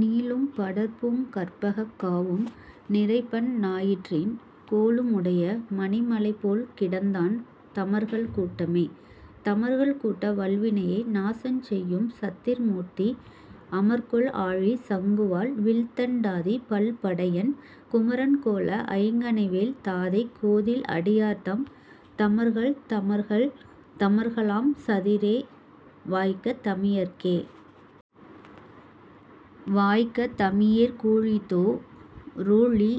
நீளும் படர்பூங் கற்பகக் காவும் நிறைபன் னாயிற்றின், கோளு முடைய மணிமலைபோல் கிடந்தான் தமர்கள் கூட்டமே.. தமர்கள் கூட்ட வல்வினையை நாசஞ் செய்யும் சதிர்மூர்த்தி, அமர்கொள் ஆழி சங்குவாள் வில்தண் டாதி பல்படையன், குமரன் கோல ஐங்கணைவேள் தாதை கோதில் அடியார்தம். தமர்கள் தமர்கள் தமர்களாம் சதிரே வாய்க்க தமியேற்கே.. வாய்க்க தமியேற் கூழிதோ றூழி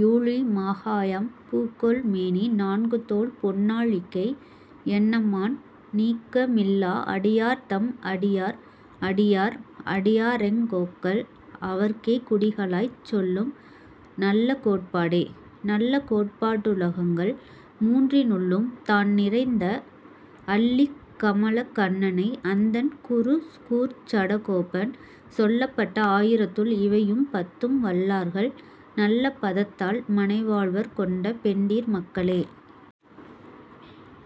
யூழி மாகாயாம் பூக்கொள் மேனி நான்குதோள் பொன்னா ழிக்கை யென்னம்மான், நீக்க மில்லா அடியார்தம் அடியார் அடியார் அடியாரெங் கோக்கள், அவர்க்கே குடிகளாய்ச் செல்லும் நல்ல கோட்பாடே. நல்ல கோட்பாட் டுலகங்கள் மூன்றி னுள்ளும் தான்நிறைந்த, அல்லிக் கமலக் கண்ணனை அந்தண் குருகூர்ச் சடகோபன், சொல்லப் பட்ட ஆயிரத்துள் இவையும் பத்தும் வல்லார்கள், நல்ல பதத்தால் மனைவாழ்வர் கொண்ட பெண்டிர் மக்களே.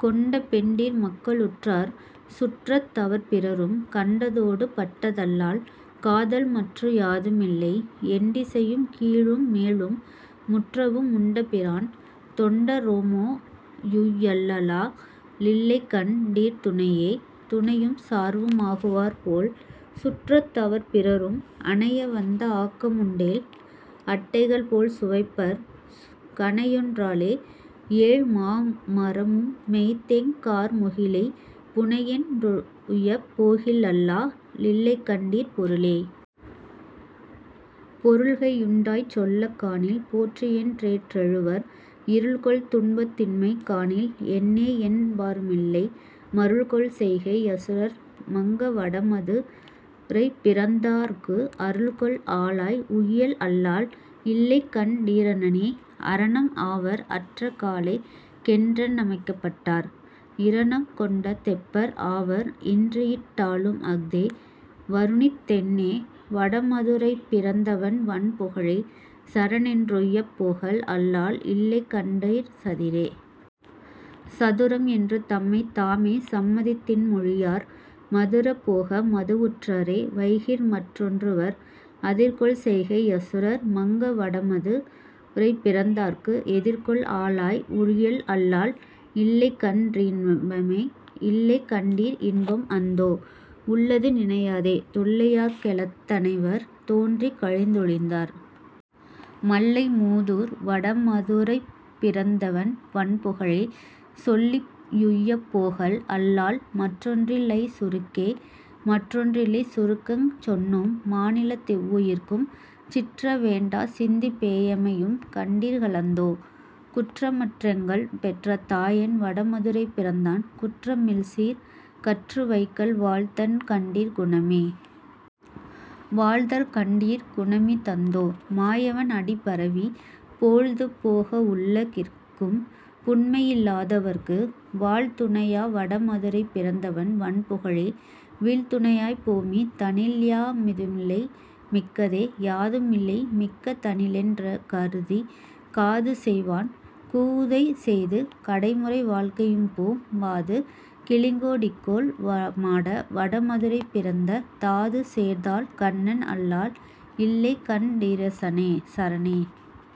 கொண்ட பெண்டிர் மக்களுற்றார் சுற்றத் தவர்பிறரும், கண்ட தோடு பட்டதல்லால் காதல்மற்று யாதுமில்லை, எண்டி சையும் கீழும்மேலும் முற்றவு முண்டபிரான், தொண்ட ரோமா யுய்யலல்லா லில்லைகண் டீர்துணையே.. துணையும் சார்வு மாகுவார்போல் சுற்றத் தவர்பிறரும், அணையவந்த ஆக்கமுண்டேல் அட்டைகள்போல்சுவைப்பர், கணையொன் ராலே யேழ்மாமரமு மெய்தேங் கார்முகிலை, புணையென் றுய்யப் போகிலல்லா லில்லைகண் டீர்பொருளே.. பொருள்கை யுண்டாய்ச் செல்லக் காணில் போற்றியென் றேற்றெழுவர், இருள்கொள் துன்பத் தின்மை காணில் என்னேஎன் பாருமில்லை, மருள்கொள் செய்கை யசுரர் மங்க வடமது ரைப்பிறந்தாற்கு அருள்கொள் ஆளாய் உய்யல் அல்லால் இல்லைகண் டீரரணே.. அரணம் ஆவர் அற்ற காலைக் கென்றென் றமைக்கப்பட்டார், இரணம் கொண்ட தெப்பர் ஆவர் இன்றியிட் டாலுமஃஅதே, வருணித் தென்னே வடமது ரைப்பி றந்தவன் வண்புகழே, சரணென் றுய்யப் போகல் அல்லால் இல்லைகண் டீர்சதிரே.. சதுரம் என்று தம்மைத் தாமே சம்மதித் தின்மொழியார், மதுர போக மதுவுற் றவரே வைகிமற் றொன்றுறுவர், அதிர்கொள் செய்கை யசுரர் மங்க வடமது ரைப்பிறந்தாற்கு, எதிர்கொள் ஆளாய் உய்யல் அல்லால் இல்லைகண் டீரின்பமே.. இல்லை கண்டீர் இன்பம் அந்தோ. உள்ளது நினையாதே, தொல்லை யார்க ளெத்த னைவர் தோன்றிக் கழிந்தொழிந்தார்? மல்லை மூதூர் வடம துரைப்பி றந்தவன் வண்புகழே, சொல்லி யுய்யப் போகல் அல்லால் மற்றொன்றில் லைசுருக்கே.. மற்றொன் றில்லை சுருங்கச் சொன்னோம் மாநிலத் தெவ்வுயிர்க்கும், சிற்ற வேண்டா சிந்திப் பேயமை யும்கண் டீர்களந்தோ. குற்றமன் றெங்கள் பெற்றத் தாயன் வடமது ரைப்பிறந்தான், குற்ற மில்சீர் கற்று வைகல் வாழ்தல்கண் டீர்குணமே.. வாழ்தல் கண்டீர் குணமி தந்தோ. மாயவன் அடிபரவி, போழ்து போக வுள்ள கிற்கும் புன்மையி லாதவர்க்கு, வாழ்து ணையா வடம துரைப்பி றந்தவன் வண்புகழே, வீழ்து ணையாய்ப் போமி தனில்யா துமில்லை மிக்கதே.. யாது மில்லை மிக்க தனிலென் றன்ற துகருதி, காது செய்வான் கூதை செய்து கடைமுறை வாழ்கையும்போம், மாது கிலிங்கொ டிக்கொள் மாட வடமது ரைப்பிறந்த, தாது சேர்தாள் கண்ணன் அல்லால் இல்லைகண் டீரிசரணே..